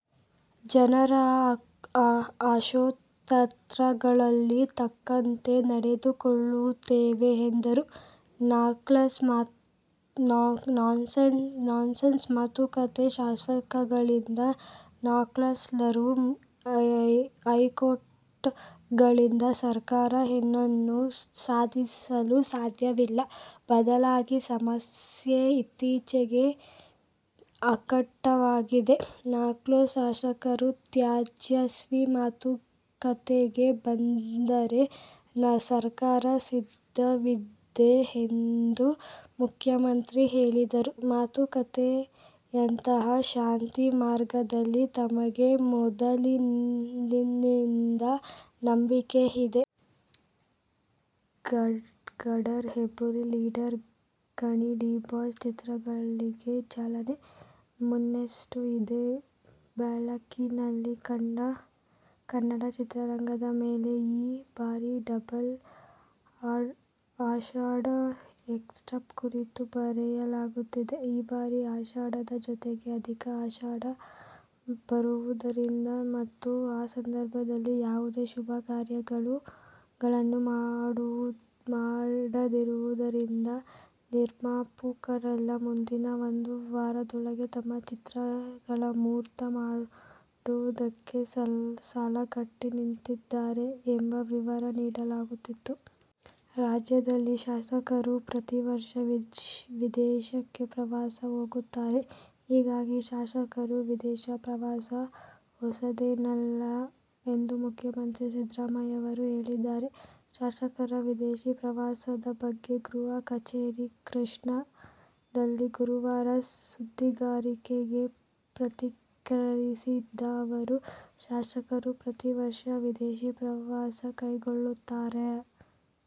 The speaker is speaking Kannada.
ಜನರ ಆಶೋತ್ತರಗಳಿಗೆ ತಕ್ಕಂತೆ ನಡೆದುಕೊಳ್ಳುತ್ತೇವೆ ಎಂದರು. ನಕ್ಸಲ್ ಮಾತುಕತೆ:ಶಸ್ತ್ರಾಸ್ತ್ರಗಳಿಂದ ನಕ್ಸಲರು, ಎನ್ಕೌಂಟರ್ಗಳಿಂದ ಸರ್ಕಾರ ಏನನ್ನೂ ಸಾಧಿಸಲು ಸಾಧ್ಯವಿಲ್ಲ. ಬದಲಾಗಿ ಸಮಸ್ಯೆ ಇನ್ನಷ್ಟು ಕಗ್ಗಂಟಾಗುತ್ತದೆ. ನಕ್ಸಲರು ಶಸ್ತ್ರಾಸ್ತ್ರ ತ್ಯಜಿಸಿ ಮಾತುಕತೆಗೆ ಬಂದರೆ ಸರ್ಕಾರ ಸಿದ್ಧವಿದೆ ಎಂದು ಮುಖ್ಯಮಂತ್ರಿ ಹೇಳಿದರು. ಮಾತುಕತೆಯಂತಹ ಶಾಂತಿ ಮಾರ್ಗದಲ್ಲಿ ತಮಗೆ ಮೊದಲಿನಿಂದಲೂ ನಂಬಿಕೆ ಇದೆ. "Khadar', "Hebbuli', "Leader', "Gani the Boss' ಚಿತ್ರಗಳಿಗೆ ಚಾಲನೆ, ಮೊನ್ನೆಯಷ್ಟೇ ಇದೇ "ಬಾಲ್ಕನಿ'ಯಲ್ಲಿ ಕನ್ನಡ ಚಿತ್ರರಂಗದ ಮೇಲೆ ಈ ಬಾರಿಯ ಡಬಲ್ ಆಷಾಢದ ಎಫೆಕ್ಟ್ ಕುರಿತು ಬರೆಯಲಾಗಿತ್ತು. ಈ ಬಾರಿ ಆಷಾಢದ ಜೊತೆಗೆ ಅಧಿಕ ಆಷಾಢ ಬರುವುದರಿಂದ ಮತ್ತು ಆ ಸಂದರ್ಭದಲ್ಲಿ ಯಾವುದೇ ಶುಭ ಕಾರ್ಯಗಳನ್ನು ಮಾಡದಿರುವುದರಿಂದ, ನಿರ್ಮಾಪಕರೆಲ್ಲಾ ಮುಂದಿನ ಒಂದು ವಾರದೊಳಗೆ ತಮ್ಮ ಚಿತ್ರಗಳ ಮುಹೂರ್ತ ಮಾಡುವುದಕ್ಕೆ ಸಾಲುಗಟ್ಟಿ ನಿಂತಿದ್ದಾರೆ ಎಂಬ ವಿವರ ನೀಡಲಾಗಿತ್ತು. ರಾಜ್ಯದಲ್ಲಿ ಶಾಸಕರು ಪ್ರತಿವರ್ಷ ವಿದೇಶಕ್ಕೆ ಪ್ರವಾಸ ಹೋಗುತ್ತಾರೆ. ಹೀಗಾಗಿ, ಶಾಸಕರ ವಿದೇಶಿ ಪ್ರವಾಸ ಹೊಸದೇನು ಅಲ್ಲ ಎಂದು ಮುಖ್ಯಮಂತ್ರಿ ಸಿದ್ದರಾಮಯ್ಯ ಹೇಳಿದ್ದಾರೆ. ಶಾಸಕರ ವಿದೇಶಿ ಪ್ರವಾಸದ ಬಗ್ಗೆ ಗೃಹ ಕಚೇರಿ ''''''ಕೃಷ್ಣಾ''ದಲ್ಲಿ ಗುರುವಾರ ಸುದ್ದಿಗಾರರಿಗೆ ಪ್ರತಿಕ್ರಿಯಿಸಿದ ಅವರು, ''''ಶಾಸಕರು ಪ್ರತಿ ವರ್ಷ ವಿದೇಶಿ ಪ್ರವಾಸ ಕೈಗೊಳ್ಳುತ್ತಾರೆ.